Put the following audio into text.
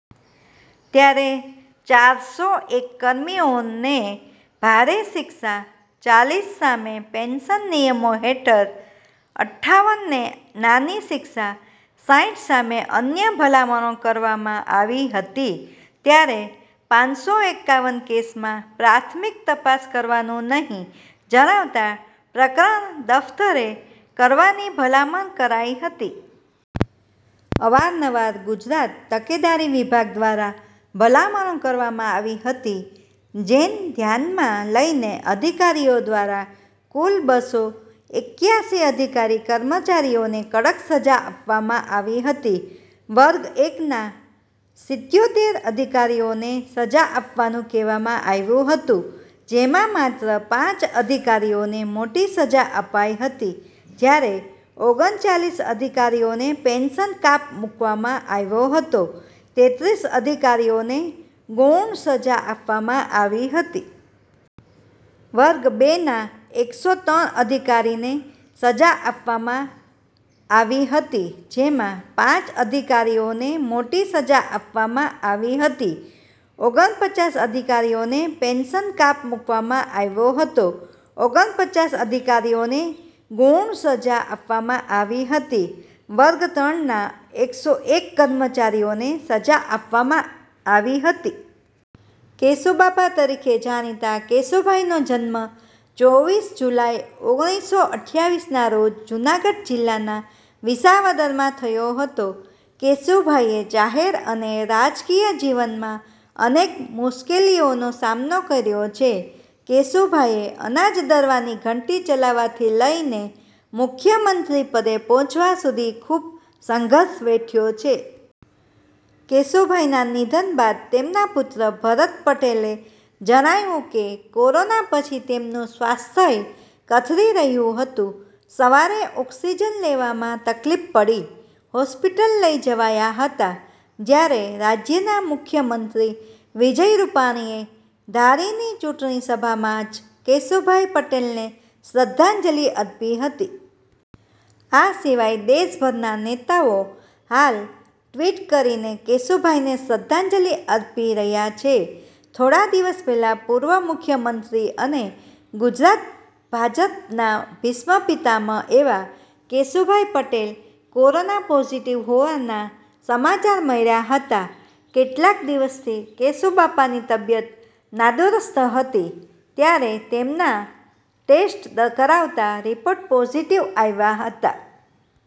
ત્યારે ચારસો એક કર્મીઓને ભારે શિક્ષા, ચાલીસ સામે પેન્શન નિયમો હેઠળ અઠ્ઠાવન ને નાની શિક્ષા, સાઇઠ સામે અન્ય ભલામણો કરવામાં આવી હતી, ત્યારે પાંસો એકાવન કેસમાં પ્રાથમિક તપાસ કરવાનું નહીં જણાતા પ્રકરણ દફ્તરે કરવાની ભલામણ કરાઇ હતી. અવાર-નવાર ગુજરાત તકેદારી વિભાગ દ્વારા ભલામણો કરવામાં આવતી હતી. જેન ધ્યાનમાં લઇને અધિકારીઓ દ્વારા કુલ બસો એકયાસી અધિકારી-કર્મચારીઓને કડક સજા આપવામાં આવી હતી. વર્ગ એક ના સિત્યોતેર અધિકારીઓને સજા આપવાનું કહેવામાં આવ્યું હતું, જેમાં માત્ર પાંચ અધિકારીઓને મોટી સજા અપાય હતી, જયારે ઓગણચાલીસ અધિકારીઓને પેન્શન કાપ મુકવામાં આવ્યો હતો, તેત્રીસ અધિકારીઓને ગૌણ સજા આપવામાં આવી હતી. વર્ગ બે ના એકસો ત્રણ અધિકારીને સજા આપવામાં આવી હતી જેમાં પાંચ અધિકારીઓને મોટી સજા આપવામાં આવી હતી, ઓગણપચાસ અધિકારીઓને પેન્શન કાપ મુકવામાં આવ્યો હતો, ઓગણપચાસ અધિકારીઓને ગૌણ સજા આપવામાં આવી હતી. વર્ગ-ત્રણ ના એકસો એક કર્મચારીઓને સજા આપવામાં આવી હતી. કેશુ બાપા તરીકે જાણીતા કેશુભાઈનો જન્મ ચોવીસ જુલાઈ ઓગણીસો અઠયાવીસ ના રોજ જૂનાગઢ જિલ્લાના વિસાવદરમાં થયો હતો. કેશુભાઈએ જાહેર અને રાજકીય જીવનમાં અનેક મુશ્કેલીઓનો સામનો કર્યો છે. કેશુભાઈએ અનાજ દળવાની ઘંટી ચલાવવાથી લઈ મુખ્યમંત્રી પદે પહોંચવા સુધી ખૂબ સંઘર્ષ વેઠ્યો છે. કેશુભાઈના નિધન બાદ તેમના પુત્ર ભરત પટેલે જણાવ્યું કે, કોરોના પછી તેમનું સ્વાસ્થ્ય કથળી રહ્યું હતું. સવારે ઓક્સિજન લેવામાં તકલીફ પડી, હોસ્પિટલ લઇ જવાયા હતા. જ્યારે રાજ્યના મુખ્યમંત્રી વિજય રૂપાણીએ ધારીની ચૂંટણી સભામાં જ કેશુભાઈ પટેલને શ્રદ્ધાંજલિ અર્પી હતી. આ સિવાય દેશભરના નેતાઓ હાલ ટ્વીટ કરીને કેશુભાઈને શ્રદ્ધાંજલિ અર્પી રહ્યા છે. થોડા દિવસ પહેલા પૂર્વ મુખ્યમંત્રી અને ગુજરાત ભાજપના ભીષ્મ પિતામહ એવા કેશુભાઈ પટેલ કોરોના પોઝિટિવ હોવાના સમાચાર મળ્યા હતા. કેટલાક દિવસથી કેશુબાપાની તબિયત નાદુરસ્ત હતી, ત્યારે તેમનો ટેસ્ટ કરાવાતાં રિપોર્ટ પોઝિટિવ આવ્યા હતા.